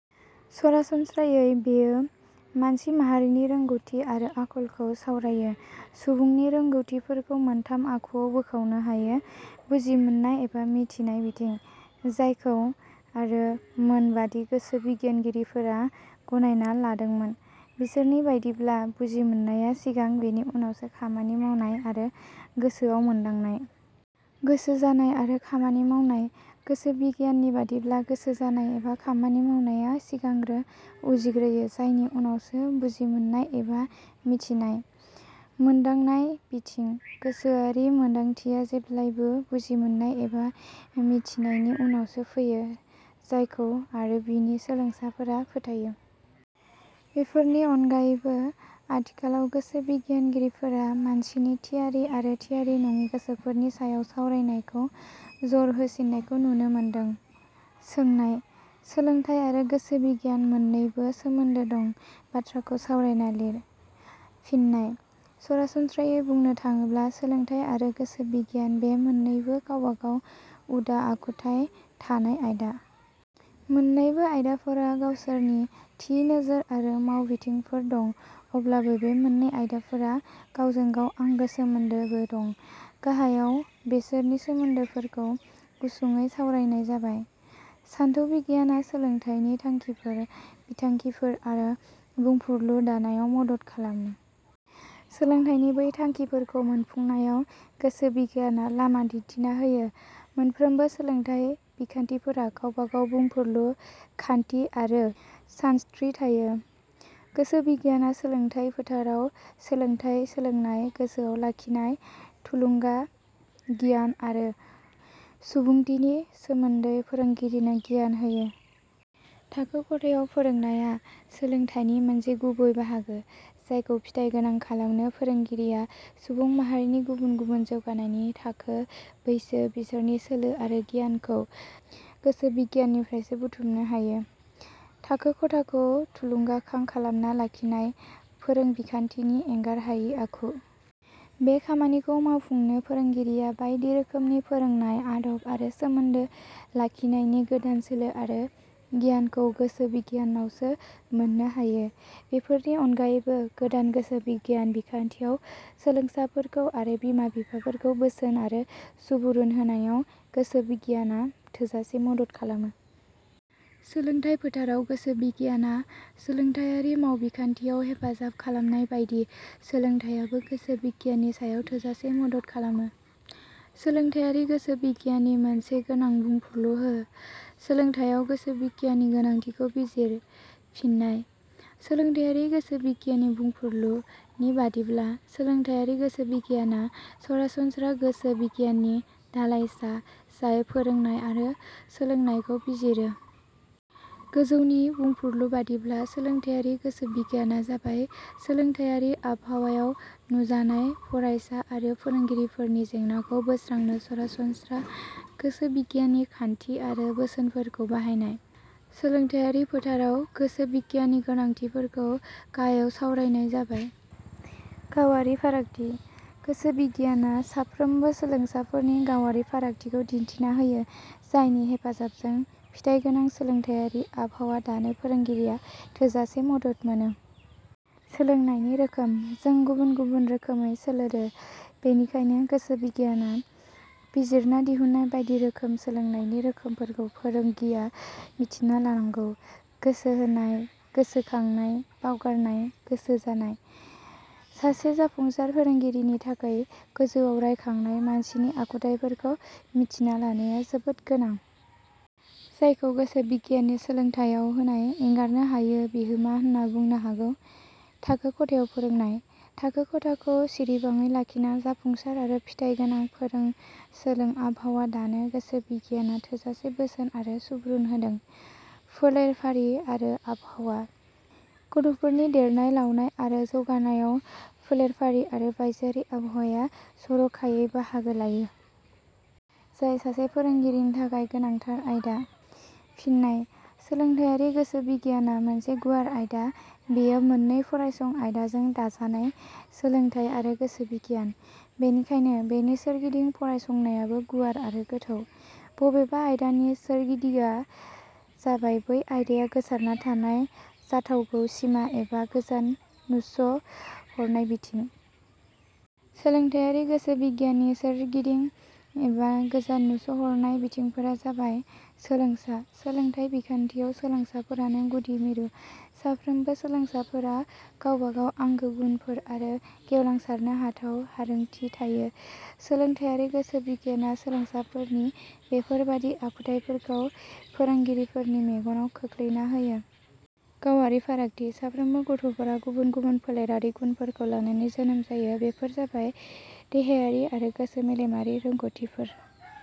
सरासनस्रायै बेयो मानसि माहारिनि रोंगौथि आरो आखलखौ सावरायो। सुबुंनि रोंगौथिफोरखौ मोनथाम आखुआव बोखावनो हायो। बुजिमोन्नाय एबा मिथिनाय बिथिं। जायखौ आरो मोनबादि गोसो बिगियानगिरिफोरा गनायना लादोंमोन। बिसोरनि बायदिब्ला बुजिमोन्नाया सिगां बेनि उनावसो खामानि मावनाय आरो गोसोआव मोन्दांनाय। गोसो जानाय आरो खामानि मावनाय। गोसो बिगियान नि बादिब्ला गोसो जानाय एबा खामानि मावनाया सिगांग्रो उजिग्रोयो जायनि उनावसो बुजिमोन्नाय एबा मिथिनाय। मोन्दांनाय बिथिं। गोसोआरि मोन्दांथिया जेब्लायबो बुजिमोन्नाय एबा मिथिनायनि उनावसो फैयो। जायखौ आरो बिनि सोलोंसाफोरा फोथायो। बेफोरनि अनगायैबो आथिखालाव गोसो बिगियानगिरिफोरा मानसिनि थियारि आरो थियारि नङि गोसोफोरनि सायाव सावरायनायखौ जर होसिननायखौ नुनो मोन्दों। सोंनाय-. सोलोंथाइ आरो गोसो बिगियान मोननैबो सोमोन्दो दं। बाथ्राखौ सावरायना लिर? फिननाय: सरासनस्रायै बुंनो थाङोब्ला सोलोंथाइ आरो गोसो बिगियान बे मोन्नैबो गावबा गाव उदा आखुथाइ थानाय आयदा। मोन्नैबो आयदाफोरा गावसोरनि थि नोजोर आरो मावबिथिंफोर दं। अब्लाबो बे मोननै आयदाफोरा गावजों गाव आंगो सोमोन्दोबो दं। गाहायाव बेसोरनि सोमोन्दोफोरखौ गुसुङै सावरायनाय जाबाय।. सानथौ बिगियाना सोलोंथाइनि थांखिफोर, बिथांखिफोर आरो बुंफुरलु दानायाव मदद खालामो। सोलोंथाइनि बै थांखिफोरखौ मोनफुंनायाव गोसो बिगियाना लामा दिन्थिना होयो।. मोनफ्रोमबो सोलोंथाइ बिखान्थिफोरा गावबा गाव बुंफुरलु, खान्थि आरो सानस्त्रि थायो। गोसो बिगियाना सोलोंथाइ फोथाराव सोलोंथाइ सोलोंनाय, गोसोआव लाखिनाय, थुलुंगा, गियान आरो सुबुंधिनि सोमोन्दै फोरोंगिरिनो गियान होयो।. थाखो खथायाव फोरोंनाया सोलोंथाइनि मोनसे गुबै बाहागो। जायखौ फिथाइगोनां खालामनो फोरोंगिरिया सुबुं माहारिनि गुबुन गुबुन जौगानायनि थाखो, बैसो, बिसोरनि सोलो आरो गियानखौ गोसो बिगियाननिफ्रायसो बुथुमनो हायो।. थाखो खथाखौ थुलुंगाखां खालामना लाखिनाय फोरोंबिखान्थिनि एंगारहायि आखु। बे खामानिखौ मावफुंनो फोरोंगिरिया बायदि। रोखोमनि फोरोंनाय आदब आरो सोमोन्दो लाखिनायनि गोदान सोलो आरो गियानखौ गोसो बिगियानावसो मोननो हायो। बेफोरनि अनगायैबो गोदान गोसो बिगियान बिखान्थियाव सोलोंसाफोरखौ आरो बिमा बिफाफोरखौ बोसोन आरो सुबुरुन होनायाव गोसो बिगियाना थोजासे मदद खालामो। सोलोंथाइ फोथाराव गोसो बिगियाना सोलोंथाइयारि मावबिखान्थियाव हेफाजाब खालामनाय बायदि सोलोंथाइयाबो गोसो बिगियाननि सायाव थोजासे मदद खालामो। सोलोंथाइयारि गोसो बिगियाननि मोनसे गोनां बुंफुरलु हो? सोलोंथाइयाव गोसो बिगियाननि गोनांथिखौ बिजिर। फिननाय: सोलोंथाइयारि गोसो बिगियाननि बुंफुरलु – नि बादिब्ला 'सोलोंथाइयारि गोसो बिगियाना सरासनस्रा गोसो बिगियाननि दालाइसा जाय फोरोंनाय आरो सोलोंनायखौ बिजिरो। " गोजौनि बुंफुरलु बादिब्ला सोलोंथाइयारि गोसो बिगियाना जाबाय सोलोंथाइयारि आबहायाव नुजानाय फरायसा आरो फोरोंगिरिफोरनि जेंनाखौ बोस्रांनो सरासनस्रा गोसो बिगियाननि खान्थि आरो बोसोनफोरखौ बाहायनाय। सोलोंथाइयारि फोथाराव गोसो बिगियाननि गोनांथिफोरखौ गाहायाव सावरायनाय जाबाय। गावारि फारागथि: गोसो बिगियाना साफ्रोमबो सोलोंसाफोरनि गावारि फारागथिखौ दिन्थिना होयो जायनि हेफाजाबजों फिथाइगोनां सोलोंथाइयारि आबहावा दानो फोरोंगिरिया थोजासे मदद मोनो। सोलोंनायनि रोखोम: जों गुबुन गुबुन रोखोमै सोलोडो। बेनिखायनो गोसो बिगियाना बिजिरना दिहुन्नाय बायदि रोखोमनि सोलोंनायनि रोखोमफोरखौ फोरोंगिया मिथिना लानांगौ। गोसोहोनाय, गोसोखांनाय, बावगारनाय, गोसो जानाय: सासे जाफुंसार फोरोंगिरिनि थाखै गोजौआव रायखांनाय मानसिनि आखुथाइफोरखौ मिथिना लानाया जोबोद गोनां। जायखौ गोसो बिगियाननि सोलोंथाइयाव होनाय एंगारनो हायो बिहोमा होन्ना बुंनो हागौ।.थाखो खथायाव फोरोंनाय: थाखो खथाखौ सिरिबाङै लाखिना जाफुंसार आरो फिथाय गोनां फोरों-सोलों आबहावा दानो गोसो बिगियाना थोजासे बोसोन आरो सुबुरुन होदों। फोलेरफारि आरो आबहावा: गथ 'फोरनि देरनाय लावनाय आरो जौगानायाव फोलेरफारि आरो बायजोआरि आबहावाया जर 'खायै बाहागो लायो। जाय सासे फोरोंगिरिनि थाखाय गोनांथार आयदा। फिननाय: सोलोंथाइयारि गोसो बिगियाना मोनसे गुवार आयदा। बेयो मोन्नै फरायसं आयदाजों दाजानाय, सोलोंथाइ आरो गोसो बिगियान। बेनिखायनो बेनि सोरगिदिं फरायसंनायाबो गुवार आरो गोथौ। बबेबा आयदानि सोरगिदिडा जाबाय बै आयदाया गोसारना थानाय जाथावगौ सिमा एबा गोजान नुस हरनाय बिथिं। सोलोंथाइयारि गोसो बिगियाननि सोरगिदिं एबा गोजान नुस'हरनाय बिथिंफोरा जाबाय – सोलोंसा: सोलोंथाइ बिखान्थियाव सोलोंसाफोरानो गुदि मिरु। साफ्रोमबो सोलोंसाफोरा गावबा गाव आंगो गुनफोर आरो गेवलांसारनो हाथाव हारोंथि थायो। सोलोंथाइयारि गोसो बिगियाना सोलोंसाफोरनि बेफोरबादि आखुथाइफोरखौ फोरोंगिरिफोरनि मेगनाव खोख्लैना होयो। गावारि फारागाथि: साफ्रोमबो गथ'फोरा गुबुन गुबुन फोलेरारि गुनफोरखौ लानानै जोनोम जायो। बेफोर जाबाय देहायारि आरो गोसो-मेलेमारि रोंगौथिफोर।